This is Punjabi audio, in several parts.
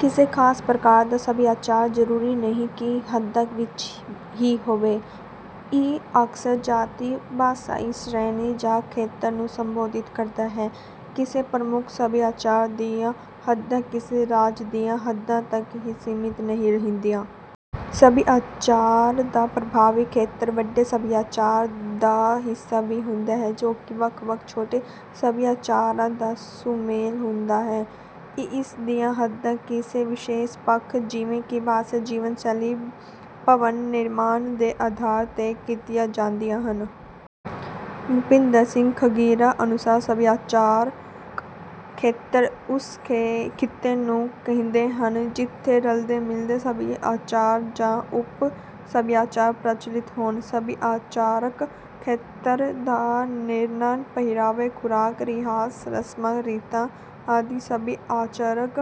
ਕਿਸੇ ਖਾਸ ਪ੍ਰਕਾਰ ਦਾ ਸਭਿਆਚਾਰ ਜ਼ਰੂਰੀ ਨਹੀਂ ਕਿ ਹੱਦਕ ਵਿੱਚ ਹੀ ਹੋਵੇ। ਇਹ ਅਕਸਰ ਜਾਤੀ-ਭਾਸ਼ਾਈ ਸ਼੍ਰੇਣੀ ਜਾਂ ਖੇਤਰ ਨੂੰ ਸੰਬੋਧਿਤ ਕਰਦਾ ਹੈ। ਕਿਸੇ ਪ੍ਰਮੁੱਖ ਸਭਿਆਚਾਰ ਦੀਆਂ ਹੱਦਾਂ ਕਿਸੇ ਰਾਜ ਦੀਆਂ ਹੱਦਾਂ ਤੱਕ ਹੀ ਸੀਮਿਤ ਨਹੀਂ ਰਹਿੰਦੀਆਂ। ਸਭਿਆਚਾਰ ਦਾ ਪ੍ਰਭਾਵੀ ਖੇਤਰ ਵੱਡੇ ਸਭਿਆਚਾਰ ਦਾ ਹਿੱਸਾ ਵੀ ਹੁੰਦਾ ਹੈ, ਜੋ ਕਿ ਵੱਖ-ਵੱਖ ਛੋਟੇ ਸਭਿਆਚਾਰਾਂ ਦਾ ਸੁਮੇਲ ਹੁੰਦਾ ਹੈ। ਇਸ ਦੀਆਂ ਹੱਦਾਂ ਕਿਸੇ ਵਿਸ਼ੇਸ਼ ਪੱਖ ਜਿਵੇਂ ਕਿ ਭਾਸ਼ਾ, ਜੀਵਨ ਸ਼ੈਲੀ, ਭਵਨ ਨਿਰਮਾਣ ਦੇ ਆਧਾਰ 'ਤੇ ਕੀਤੀਆਂ ਜਾਂਦੀਆਂ ਹਨ। ਭੁਪਿੰਦਰ ਸਿੰਘ ਖਗੈਰਾ ਅਨੁਸਾਰ ਸਭਿਆਚਾਰਕ ਖੇਤਰ ਉਸ ਖਿੱਤੇ ਨੂੰ ਕਹਿੰਦੇ ਹਨ, ਜਿੱਥੇ ਰਲਦੇ-ਮਿਲਦੇ ਸਭਿਆਚਾਰ ਜਾਂ ਉੱਪ-ਸਭਿਆਚਾਰ ਪ੍ਰਚਲਿਤ ਹੋਣ। ਸਭਿਆਚਾਰਕ ਖੇਤਰ ਦਾ ਨਿਰਣਾ ਪਹਿਰਾਵੇ, ਖੁਰਾਕ, ਰਿਹਾਇਸ਼, ਰਸਮਾਂ-ਰੀਤਾਂ ਆਦਿ ਸਭਿਆਚਾਰਕ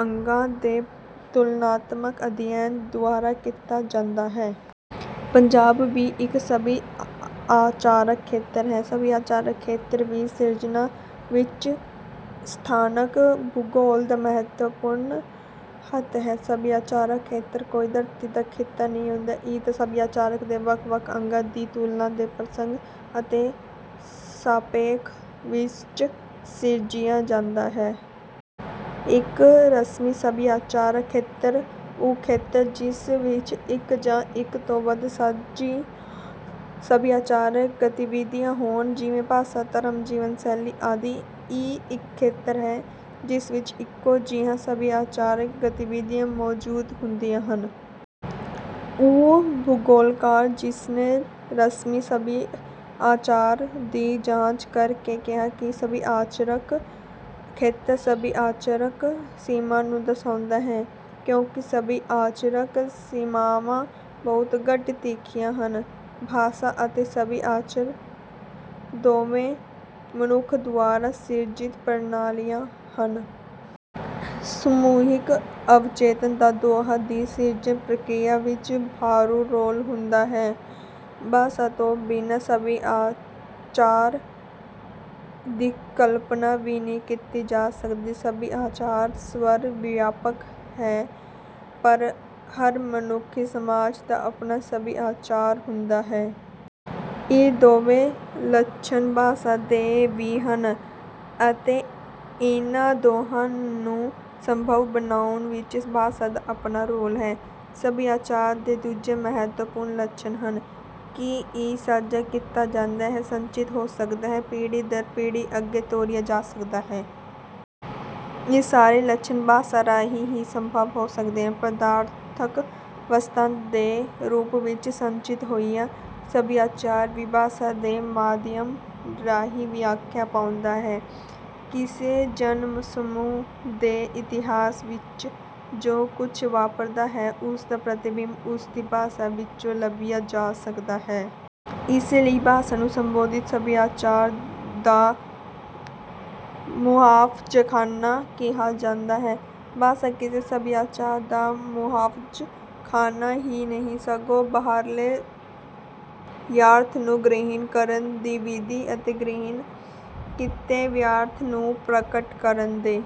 ਅੰਗਾਂ ਦੇ ਤੁਲਨਾਤਮਕ ਅਧਿਐਨ ਦੁਆਰਾ ਕੀਤਾ ਜਾਂਦਾ ਹੈ। ਪੰਜਾਬ ਵੀ ਇੱਕ ਸਭਿਆਚਾਰਕ ਖੇਤਰ ਹੈ। ਸਭਿਆਚਾਰਕ ਖੇਤਰ ਦੀ ਸਿਰਜਣਾ ਵਿੱਚ ਸਥਾਨਕ ਭੂਗੋਲ ਦਾ ਮਹੱਤਵਪੂਰਨ ਹੱਥ ਹੈ। ਸਭਿਆਚਾਰਕ ਖੇਤਰ ਕੋਈ ਧਰਤੀ ਦਾ ਖਿੱਤਾ ਨਹੀਂ ਹੁੰਦਾ। ਇਹ ਤਾਂ ਸਭਿਆਚਾਰ ਦੇ ਵੱਖ-ਵੱਖ ਅੰਗਾਂ ਦੀ ਤੁਲਨਾ ਦੇ ਪ੍ਰਸੰਗ ਅਤੇ ਸਾਪੇਖ ਵਿੱਚ ਸਿਰਜਿਆ ਜਾਂਦਾ ਹੈ। ਇੱਕ ਰਸਮੀ ਸਭਿਆਚਾਰਕ ਖੇਤਰ ਉਹ ਖੇਤਰ, ਜਿਸ ਵਿੱਚ ਇੱਕ ਜਾਂ ਇੱਕ ਤੋਂ ਵੱਧ ਸਾਂਝੀ ਸਭਿਆਚਾਰਕ ਗਤੀਵਿਧੀਆਂ ਹੋਣ, ਜਿਵੇਂ - ਭਾਸ਼ਾ, ਧਰਮ, ਜੀਵਨ ਸ਼ੈਲੀ ਆਦਿ। ਇਹ ਇੱਕ ਖੇਤਰ ਹੈ, ਜਿਸ ਵਿੱਚ ਇੱਕੋ ਜਿਹੀਆਂ ਸਭਿਆਚਾਰਕ ਗਤੀਵਿਧੀਆਂ ਮੌਜੂਦ ਹੁੰਦੀਆਂ ਹਨ। ਉਹ ਭੂਗੋਲਕਾਰ, ਜਿਸਨੇ ਰਸਮੀ ਸਭਿਆਚਾਰ ਦੀ ਜਾਂਚ ਕਰ ਕੇ ਕਿਹਾ ਕਿ ਸਭਿਆਚਾਰਕ ਖੇਤਰ, ਸਭਿਆਚਾਰਕ ਸੀਮਾ ਨੂੰ ਦਰਸਾਉਂਦਾ ਹੈ, ਕਿਉਂਕਿ ਸਭਿਆਚਾਰਕ ਸੀਮਾਵਾਂ ਬਹੁਤ ਘੱਟ ਤਿੱਖੀਆਂ ਹਨ। ਭਾਸ਼ਾ ਅਤੇ ਸਭਿਆਚਾਰ ਦੋਵੇਂ ਮਨੁੱਖ ਦੁਆਰਾ ਸਿਰਜਿਤ ਪ੍ਰਣਾਲੀਆਂ ਹਨ। ਸਮੂਹਿਕ ਅਵਚੇਤਨ ਦਾ ਦੋਹਾਂ ਦੀ ਸਿਰਜਣ ਪ੍ਰਕਿਰਿਆ ਵਿੱਚ ਭਾਰੂ ਰੋਲ ਹੁੰਦਾ ਹੈ। ਭਾਸ਼ਾ ਤੋਂ ਬਿਨਾਂ ਸਭਿਆਚਾਰ ਦੀ ਕਲਪਨਾ ਵੀ ਨਹੀਂ ਕੀਤੀ ਜਾ ਸਕਦੀ। ਸਭਿਆਚਾਰ ਸਵਰ-ਵਿਆਪਕ ਹੈ, ਪਰ ਹਰ ਮਨੁੱਖੀ ਸਮਾਜ ਦਾ ਆਪਣਾ ਸਭਿਆਚਾਰ ਹੁੰਦਾ ਹੈ। ਇਹ ਦੋਵੇਂ ਲੱਛਣ ਭਾਸ਼ਾ ਦੇ ਵੀ ਹਨ ਅਤੇ ਇਹਨਾਂ ਦੋਹਾਂ ਨੂੰ ਸੰਭਵ ਬਣਾਉਣ ਵਿੱਚ ਭਾਸ਼ਾ ਦਾ ਆਪਣਾ ਰੋਲ ਹੈ। ਸਭਿਆਚਾਰ ਦੇ ਦੂਜੇ ਮਹੱਤਵਪੂਰਨ ਲੱਛਣ ਹਨ ਕਿ ਇਹ ਸਾਂਝਾ ਕੀਤਾ ਜਾਂਦਾ ਹੈ, ਸੰਚਿਤ ਹੋ ਸਕਦਾ ਹੈ, ਪੀੜ੍ਹੀ ਦਰ ਪੀੜ੍ਹੀ ਅੱਗੇ ਤੋਰਿਆ ਜਾ ਸਕਦਾ ਹੈ। ਇਹ ਸਾਰੇ ਲੱਛਣ ਭਾਸ਼ਾ ਰਾਹੀਂ ਹੀ ਸੰਭਵ ਹੋ ਸਕਦੇ ਹਨ। ਪਦਾਰਥਕ ਵਸਤਾਂ ਦੇ ਰੂਪ ਵਿੱਚ ਸੰਚਿਤ ਹੋਇਆ ਸਭਿਆਚਾਰ ਵੀ ਭਾਸ਼ਾ ਦੇ ਮਾਧਿਅਮ ਰਾਹੀਂ ਵਿਆਖਿਆ ਪਾਉਂਦਾ ਹੈ। ਕਿਸੇ ਜਨਮ-ਸਮੂਹ ਦੇ ਇਤਿਹਾਸ ਵਿੱਚ ਜੋ ਕੁਝ ਵਾਪਰਦਾ ਹੈ, ਉਸ ਦਾ ਪ੍ਰਤਿਬਿੰਬ ਉਸ ਦੀ ਭਾਸ਼ਾ ਵਿੱਚੋਂ ਲੱਭਿਆ ਜਾ ਸਕਦਾ ਹੈ। ਇਸੇ ਲਈ ਭਾਸ਼ਾ ਨੂੰ ਸੰਬੰਧਿਤ ਸਭਿਆਚਾਰ ਦਾ "ਮੁਹਾਫ਼ਜ਼ਖਾਨਾ" ਕਿਹਾ ਜਾਂਦਾ ਹੈ। ਭਾਸ਼ਾ ਕਿਸੇ ਸਭਿਆਚਾਰ ਦਾ ਮੁਹਾਫ਼ਜ਼ਖਾਨਾ ਹੀ ਨਹੀਂ, ਸਗੋਂ ਬਾਹਰਲੇ ਯਥਾਰਥ ਨੂੰ ਗ੍ਰਹਿਣ ਕਰਨ ਦੀ ਵਿਧੀ ਅਤੇ ਗ੍ਰਹਿਣ ਕੀਤੇ ਵਿਆਰਥ ਨੂੰ ਪ੍ਰਗਟ ਕਰਨ ਦੇ